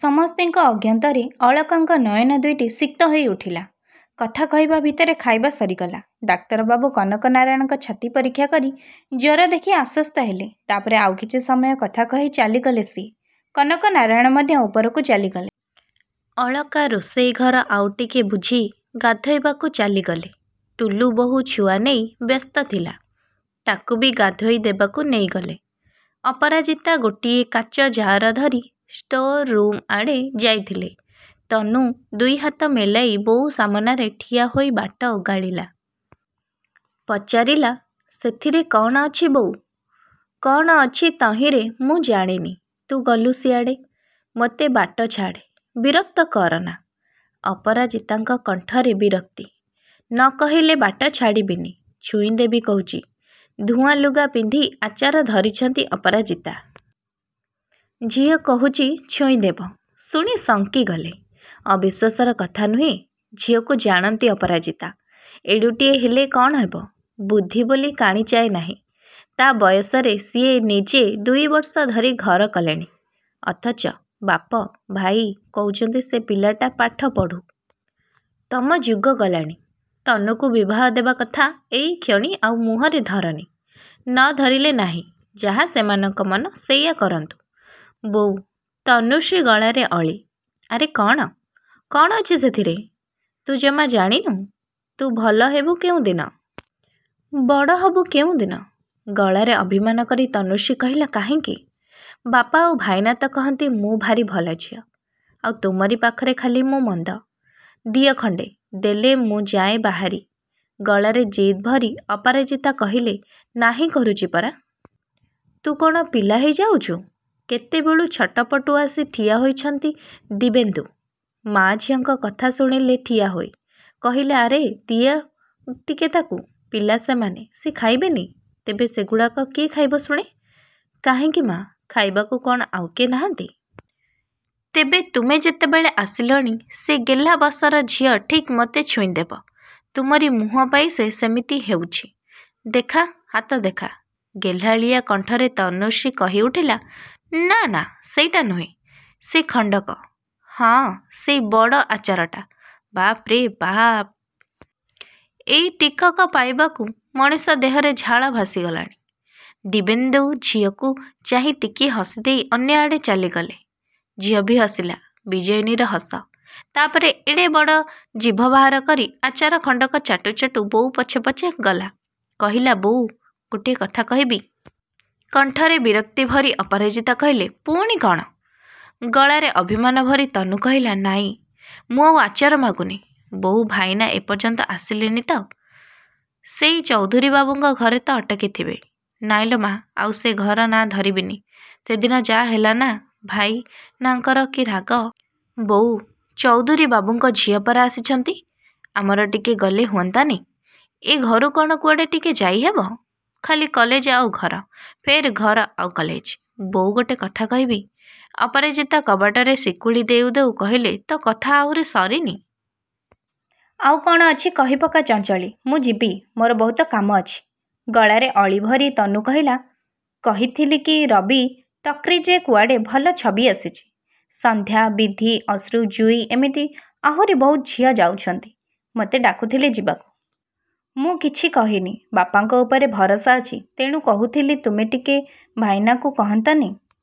ସମସ୍ତିଙ୍କ ଅଜ୍ଞାତରେ ଅଳକାଙ୍କ ନୟନ ଦୁଇଟି ଶିକ୍ତ ହେଇଉଠିଲା। କଥା କହିବା ଭିତରେ ଖାଇବା ସରିଗଲା। ଡାକ୍ତରବାବୁ କନକ ନାରାୟଣଙ୍କ ଛାତି ପରୀକ୍ଷା କରି, ଜ୍ୱର ଦେଖି ଆସ୍ୱସ୍ତ ହେଲେ। ତାପରେ ଆଉ କିଛି ସମୟ କଥା କହି ଚାଲିଗଲେ ସିଏ, କନକ ନାରାୟଣ ମଧ୍ୟ ଉପରକୁ ଚାଲିଗଲେ। ଅଳକା ରୋଷେଇ ଘର ଆଉ ଟିକେ ବୁଝି ଗାଧୋଇବାକୁ ଚାଲିଗଲେ। ଟୁଲୁ ବୋହୂ ଛୁଆ ନେଇ ବ୍ୟସ୍ତ ଥିଲା। ତାକୁ ବି ଗାଧୋଇ ଦେବାକୁ ନେଇଗଲେ। ଅପରାଜିତା ଗୋଟିଏ କାଚ ଜାର ଧରି ଷ୍ଟୋର ରୁମ୍ ଆଡ଼େ ଯାଇଥିଲେ। ତନୁ ଦୁଇହାତ ମେଲାଇ ବୋଉ ସାମନାରେ ଠିଆହୋଇ ବାଟ ଓଗାଳିଲା। ପଚାରିଲା ସେଥିରେ କ'ଣ ଅଛି ବୋଉ? କ'ଣ ଅଛି ତହିଁରେ ମୁଁ ଜାଣେନି। ତୁ ଗଲୁ ସିଆଡ଼େ। ମୋତେ ବାଟ ଛାଡ଼େ ବିରକ୍ତ କରନା। ଅପରାଜିତାଙ୍କ କଣ୍ଠରେ ବିରକ୍ତି। ନ କହିଲେ ବାଟ ଛାଡ଼ିବିନି ଛୁଇଁଦେବି କହୁଛି। ଧୁଆ ଲୁଗା ପିନ୍ଧି ଆଚାର ଧରିଛନ୍ତି ଅପରାଜିତା। ଝିଅ କହୁଛି ଛୁଇଁଦେବ ଶୁଣି ଶଙ୍କିଗଲେ। ଅବିଶ୍ୱାସର କଥା ନୁହେଁ ଝିଅକୁ ଜାଣନ୍ତି ଅପରାଜିତା। ଏଡ଼ୁଟିଏ ହେଲେ କ'ଣ ହେବ ବୁଦ୍ଧି ବୋଲି କାଣିଚାଏ ନାହିଁ। ତା' ବୟସରେ ସିଏ ନିଜେ ଦୁଇବର୍ଷ ଧରି ଘର କଲେଣି। ଅଥଚ ବାପ, ଭାଇ, କହୁଛନ୍ତି ସେ ପିଲାଟା ପାଠ ପଢ଼ୁ। ତମ ଯୁଗ ଗଲାଣି। ତନୁକୁ ବିବାହ ଦେବା କଥା ଏଇକ୍ଷଣି ଆଉ ମୁହଁରେ ଧରନି। ନ ଧରିଲେ ନାହିଁ ଯାହା ସେମାନଙ୍କ ମନ ସେଇୟା କରନ୍ତୁ। ବୋଉ ତନୁଶ୍ରୀ ଗଳାରେ ଅଳି। ଆରେ କ'ଣ? କ'ଣ ଅଛି ସେଥିରେ? ତୁ ଜମା ଜାଣିନୁ? ତୁ ଭଲ ହେବୁ କେଉଁଦିନ। ବଡ଼ ହବୁ କେଉଁଦିନ? ଗଳାରେ ଅଭିମାନ କରି ତନୁଶ୍ରୀ କହିଲା କାହିଁକି ବାପା ଆଉ ଭାଇନା ତ କହନ୍ତି ମୁଁ ଭାରି ଭଲଝିଅ ଆଉ ତୁମରି ପାଖରେ ଖାଲି ମୁଁ ମନ୍ଦ। ଦିଅ ଖଣ୍ଡେ ଦେଲେ ମୁଁ ଯାଏ ବାହାରି। ଗଳାରେ ଜିଦ୍ ଭରି ଅପରାଜିତା କହିଲେ ନାହିଁ କରୁଛି ପରା। ତୁ କ'ଣ ପିଲା ହେଇଯାଉଛୁ? କେତେବେଳୁ ଛଟପଟୁ ଆସି ଠିଆ ହୋଇଛନ୍ତି ଦିବ୍ୟେନ୍ଦୁ। ମାଆ ଝିଅଙ୍କ କଥା ଶୁଣିଲେ ଠିଆହୋଇ। କହିଲେ ଆରେ ଦିଅ ଟିକେ ତାକୁ। ପିଲା ସେମାନେ ସିଏ ଖାଇବେନି ତେବେ ସେଗୁଡାକ କିଏ ଖାଇବ ଶୁଣେ? କାହିଁକି ମା ଖାଇବାକୁ କ'ଣ ଆଉ କିଏ ନାହାନ୍ତି? ତେବେ ତୁମେ ଯେତେବେଳେ ଆସିଲଣି ସେ ଗେହ୍ଲାବସର ଝିଅ ଠିକ୍ ମୋତେ ଛୁଇଁଦେବ। ତୁମରି ମୁହଁ ପାଇ ସେ ସେମିତି ହେଉଛି। ଦେଖା ହାତ ଦେଖା। ଗେହ୍ଲାଳିଆ କଣ୍ଠରେ ତନୁଶ୍ରୀ କହିଉଠିଲା ନା ନା ସେଇଟା ନୁହେଁ। ସେ ଖଣ୍ଡକ। ହଁ ସେଇ ବଡ଼ ଆଚାରଟା। ବାପ୍ରେ ବାପ୍! ଏଇ ଟିକକ ପାଇବାକୁ ମଣିଷ ଦେହରେ ଝାଳ ଭାସିଗଲାଣି। ଦିବ୍ୟେନ୍ଦୁ ଝିଅକୁ ଚାହିଁ ଟିକିଏ ହସିଦେଇ ଅନ୍ୟଆଡ଼େ ଚାଲିଗଲେ। ଝିଅବି ହସିଲା ବିଜୟିନୀର ହସ। ତାପରେ ଏଡ଼େବଡ଼ ଜିଭ ବାହାର କରି ଆଚାର ଖଣ୍ଡକ ଚାଟୁ ଚାଟୁ ବୋଉ ପଛେ ପଛେ ଗଲା। କହିଲା ବୋଉ ଗୋଟିଏ କଥା କହିବି। କଣ୍ଠରେ ବିରକ୍ତି ଭରି ଅପରାଜିତା କହିଲେ ପୁଣି କ'ଣ? ଗଳାରେ ଅଭିମାନ ଭରି ତନୁ କହିଲା ନାଇଁ ମୁଁ ଆଉ ଆଚାର ମାଗୁନି। ବୋଉ, ଭାଇନା ଏ ପର୍ଯ୍ୟନ୍ତ ଆସିଲେନି ତ? ସେଇ ଚଉଧୂରୀ ବାବୁଙ୍କ ଘରେ ତ ଅଟକିଥିବେ। ନାଇଁ ଲୋ ମା ଆଉ ସେ ଘର ନାଁ ଧରିବିନି ସେଦିନ ଯାହା ହେଲାନା ଭାଇନାଙ୍କର କି ରାଗ। ବୋଉ ଚଉଧୁରୀ ବାବୁଙ୍କ ଝିଅ ପରା ଆସିଛନ୍ତି। ଆମର ଟିକେ ଗଲେ ହୁଅନ୍ତାନି?ଏ ଘରୁ କ'ଣ କୁଆଡ଼େ ଟିକେ ଯାଇହେବ! ଖାଲି କଲେଜ ଆଉ ଘର, ଫେର୍ ଘର ଆଉ କଲେଜ। ବୋଉ ଗୋଟେ କଥା କହିବି? ଅପରାଜିତା କବାଟରେ ଶିକୁଳି ଦେଉ ଦେଉ କହିଲେ ତୋ କଥା ଆହୁରି ସରିନି? ଆଉ କ'ଣ ଅଛି କହିପକା ଚଞ୍ଚଳୀ ମୁଁ ଯିବି। ମୋର ବହୁତ କାମ ଅଛି। ଗଳାରେ ଅଳି ଭରି ତନୁ କହିଲା କହିଥିଲି କି ରବି ଟକିର୍ଜେ କୁଆଡ଼େ ଭଲ ଛବି ଆସିଛି। ସନ୍ଧ୍ୟା, ବୀଧି, ଅଶୃ, ଜୁଇ ଏମିତି ଆହୁରି ବହୁତ ଝିଅ ଯାଉଛନ୍ତି। ମୋତେ ଡାକୁଥିଲେ ଯିବାକୁ। ମୁଁ କିଛି କହିନି। ବାପାଙ୍କ ଉପରେ ଭରସା ଅଛି। ତେଣୁ କହୁଥିଲି ତୁମେ ଟିକେ ଭାଇନାକୁ କହନ୍ତନି?